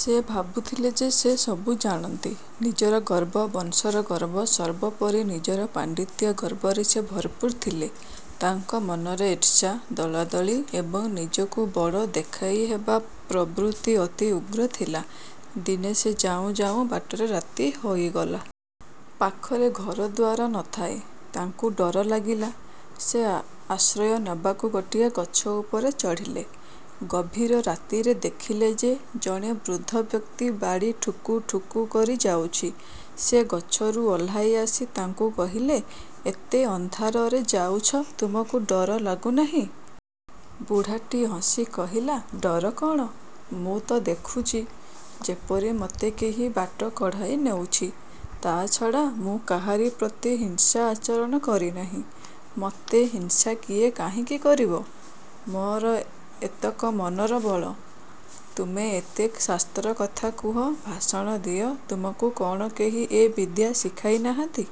ସେ ଭାବୁଥିଲେ ଯେ ସେ ସବୁ ଜାଣନ୍ତି। ନିଜର ଗର୍ବ, ବଂଶର ଗର୍ବ, ସର୍ବୋପରି ନିଜର ପାଣ୍ଡିତ୍ୟ-ଗର୍ବରେ ସେ ଭରପୂର ଥିଲେ। ତାଙ୍କ ମନରେ ଈର୍ଷା, ଦଳାଦଳି ଏବଂ ନିଜକୁ ବଡ଼ ଦେଖାଇ ହେବା ପ୍ରବୃତ୍ତି ଅତି ଉଗ୍ର ଥିଲା। ଦିନେ ସେ ଯାଉଁ ଯାଉଁ ବାଟରେ ରାତି ହୋଇଗଲା। ପାଖରେ ଘରଦ୍ୱାର ନ ଥାଏ। ତାଙ୍କୁ ଡର ଲାଗିଲା। ସେ ଆଶ୍ରୟ ନେବାକୁ ଗୋଟିଏ ଗଛ ଉପରେ ଚଢ଼ିଲେ। ଗଭୀର ରାତିରେ ଦେଖିଲେ ଯେ ଜଣେ ବୃଦ୍ଧ ବ୍ୟକ୍ତି ବାଡ଼ି ଠୁକୁ ଠୁକୁ କରି ଯାଉଛି। ସେ ଗଛରୁ ଓହ୍ଲାଇ ଆସି ତାକୁ କହିଲେ-''ଏତେ ଅନ୍ଧାରରେ ଯାଉଛ, ତୁମକୁ ଡର ଲାଗୁ ନାହିଁ? '' ବୁଢ଼ାଟି ହସି କହିଲା-''ଡର କଣ-? ମୁଁ ତ ଦେଖୁଛି ଯେପରି ମୋତେ କେହି ବାଟ କଢ଼ାଇ ନେଉଛି। ତା'ଛଡ଼ା ମୁଁ କାହାରି ପ୍ରତି ହିଂସା ଆଚରଣ କରିନାହିଁ, ମୋତେ ହିଂସା କିଏ କାହିଁକି କରିବ? ମୋର ଏତକ ମନର ବଳ। ତୁମେ ଏତେ ଶାସ୍ତ୍ର କଥା କୁହ, ଭାଷଣ ଦିଅ, ତମକୁ କଣ କେହି ଏ ବିଦ୍ୟା ଶିଖାଇ ନାହାନ୍ତି?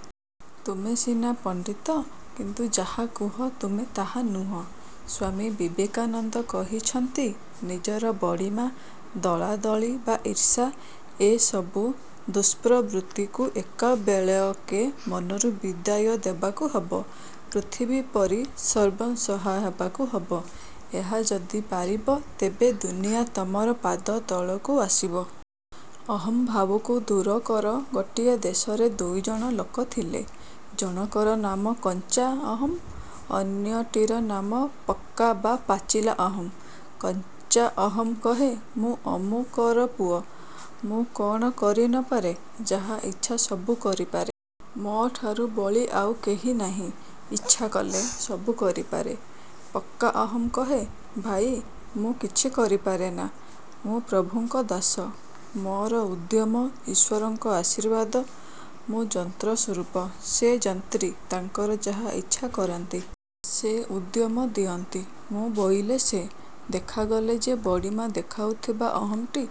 ତୁମେ ସିନା ପଣ୍ଡିତ କିନ୍ତୁ ଯାହା କୁହ ତୁମେ ତାହା ନୁହଁ। '' ସ୍ୱାମୀ ବିବେକାନନ୍ଦ କହିଛନ୍ତି-ନିଜର ବଡ଼ିମା, ଦଳାଦଳି ବା ଈର୍ଷା-ଏସବୁ ଦୁଷ୍ପ୍ରବୃତ୍ତିକୁ ଏକାବେଳକେ ମନରୁ ବିଦାୟ ଦେବାକୁ ହେବ। ପୃଥିବୀ ପରି ସର୍ବଂସହା ହେବାକୁ ହେବ। ଏହା ଯଦି ପାରିବ ତେବେ ଦୁନିଆ ତମର ପାଦତଳକୁ ଆସିବ। ଅହଂଭାବକୁ ଦୂର କର ଗୋଟିଏ ଦେଶରେ ଦୁଇଜଣ ଲୋକ ଥିଲେ। ଜଣକର ନାମ କଞ୍ଚା ଅହଂ, ଅନ୍ୟଟିର ନାମ ପକ୍କା ବା ପାଚିଲା ଅହଂ। କଞ୍ଚା ଅହଂ କହେ, ''ମୁଁ ଅମୁକର ପୁଅ। ମୁଁ କଣ କରି ନ ପାରେ-? ଯାହା ଇଚ୍ଛା ସବୁ କରିପାରେ। ମୋ'ଠାରୁ ବଳି ଆଉ କେହି ନାହିଁ। ଇଚ୍ଛା କଲେ। ସବୁ କରିପାରେ। '' ପକ୍କା ଅହଂ କହେ, ''ଭାଇ, ମୁଁ କିଛି କରିପାରେନା। ମୁଁ ପ୍ରଭୁଙ୍କ ଦାସ। ମୋର ଉଦ୍ୟମ, ଈଶ୍ୱରଙ୍କ ଆଶୀର୍ବାଦ। ମୁଁ ଯନ୍ତ୍ର ସ୍ୱରୂପ, ସେ ଯନ୍ତ୍ରୀ। ତାଙ୍କର ଯାହା ଇଚ୍ଛା କରାନ୍ତି। ସେ ଉଦ୍ୟମ ଦିଅନ୍ତି। ମୁଁ ବୋଇଲେ ସେ। '' ଦେଖାଗଲା ଯେ ବଡ଼ିମା ଦେଖାଉଥିବା ଅହଂଟି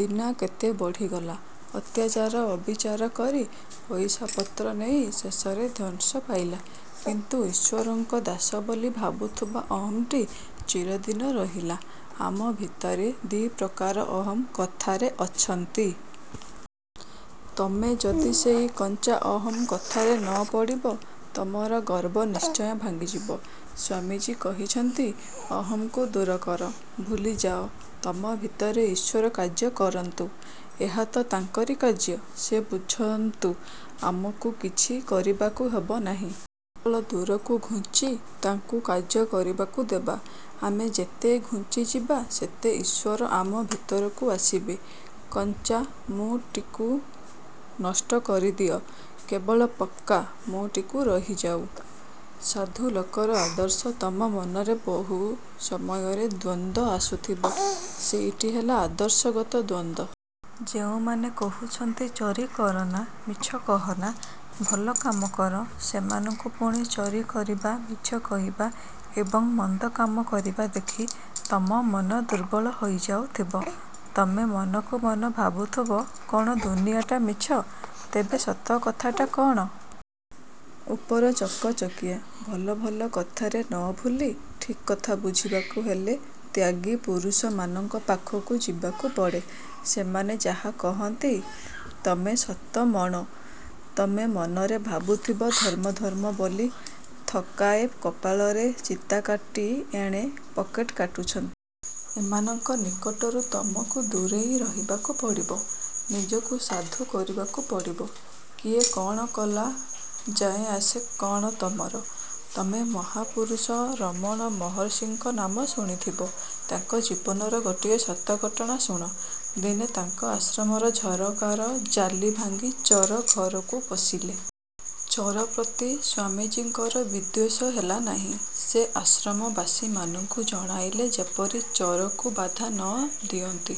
ଦିନାକେତେ ବଢ଼ିଗଲା। ଅତ୍ୟାଚାର ଅବିଚାର କରି ପଇସାପତ୍ର ନେଇ ଶେଷରେ ଧ୍ୱଂସ ପାଇଲା, କିନ୍ତୁ ଈଶ୍ୱରଙ୍କ ଦାସ ବୋଲି ଭାବୁଥିବା ଅହଂଟି ଚିରଦିନ ରହିଲା। ଆମ ଭିତରେ ଦି ପ୍ରକାର ଅହଂ କଥାରେ ଅଛନ୍ତି। ତମେ ଯଦି ସେଇ କଞ୍ଚା ଅହଂ କଥାରେ ନ ପଡ଼ିବ ତମର ଗର୍ବ ନିଶ୍ଚୟ ଭାଙ୍ଗିଯିବ। ସ୍ୱାମୀଜୀ କହିଛନ୍ତି-ଅହଂକୁ ଦୂର କର, ଭୁଲିଯାଅ। ତମ ଭିତରେ ଈଶ୍ୱର କାର୍ଯ୍ୟ କରନ୍ତୁ-। ଏହା ତ ତାଙ୍କରି କାର୍ଯ୍ୟ, ସେ ବୁଝନ୍ତୁ। ଆମକୁ କିଛି କରିବାକୁ ହେବ ନାହିଁ। କେବଳ ଦୂରକୁ ଘୁଞ୍ଚି ତାଙ୍କୁ କାର୍ଯ୍ୟ କରିବାକୁ ଦେବା। ଆମେ ଯେତେ ଘୁଞ୍ଚିଯିବା ସେତେ ଈଶ୍ୱର ଆମ ଭିତରକୁ ଆସିବେ-। କଞ୍ଚା 'ମୁଁ'ଟିକୁ ନଷ୍ଟ କରିଦିଅ। କେବଳ ପକ୍କା 'ମୁଁ'ଟି ରହିଯାଉ। ସାଧୁ ଲୋକର ଆଦର୍ଶ ତମ ମନରେ ବହୁ ସମୟରେ ଦ୍ୱନ୍ଦ୍ୱ ଆସୁଥିବ। ସେଇଟି ହେଲା ଆଦର୍ଶଗତ ଦ୍ୱନ୍ଦ୍ୱ। ଯେଉଁମାନେ କହୁଛନ୍ତି ଚୋରି କରନା, ମିଛ କହନା, ଭଲ କାମ କର, ସେମାନଙ୍କୁ ପୁଣି ଚୋରି କରିବା, ମିଛ କହିବା ଏବଂ ମନ୍ଦ କାମ କରିବା ଦେଖି ତମ ମନ ଦୁର୍ବଳ ହୋଇଯାଉଥିବ। ତମେ ମନକୁ ମନ ଭାବୁଥିବ-କ'ଣ ଦୁନିଆଟା ମିଛ। ତେବେ ସତକଥାଟା କଣ? ଉପର ଚକ ଚକିଆ, ଭଲ ଭଲ କଥାରେ ନ ଭୁଲି ଠିକ୍ କଥା ବୁଝିବାକୁ ହେଲେ ତ୍ୟାଗୀ ପୁରୁଷମାନଙ୍କ ପାଖକୁ ଯିବାକୁ ପଡ଼େ। ସେମାନେ ଯାହା କହନ୍ତି ତମେ ସତ ମଣ। ତମେ ମନରେ ଭାବୁଥିବ ଧର୍ମ ଧର୍ମ ବୋଲି ଥୋକାଏ କପାଳରେ ଚିତା କାଟି ଏଣେ ପକେଟ କାଟୁଛନ୍ତି। ଏମାନଙ୍କ ନିକଟରୁ ତମକୁ ଦୂରରେ ରହିବାକୁ ପଡ଼ିବ। ନିଜକୁ ସାଧୁ କରିବାକୁ ପଡ଼ିବ। କିଏ କଣ କଲା ଯାଏ ଆସେ କଣ ତମର? ତମେ ମହାପୁରୁଷ ରମଣ ମହର୍ଷିଙ୍କ ନାମ ଶୁଣିଥିବ। ତାଙ୍କ ଜୀବନର ଗୋଟିଏ ସତ ଘଟଣା ଶୁଣ। ଦିନେ ତାଙ୍କ ଆଶ୍ରମର ଝରକାର ଜାଲି ଭାଙ୍ଗି ଚୋର ଘରକୁ ପଶିଲେ। ଚୋର ପ୍ରତି ସ୍ୱାମୀଜୀଙ୍କର ବିଦ୍ୱେଷ ହେଲା ନାହିଁ। ସେ ଆଶ୍ରମବାସୀମାନଙ୍କୁ ଜଣାଇଲେ ଯେପରି ଚୋରକୁ ବାଧା ନ ଦିଅନ୍ତି।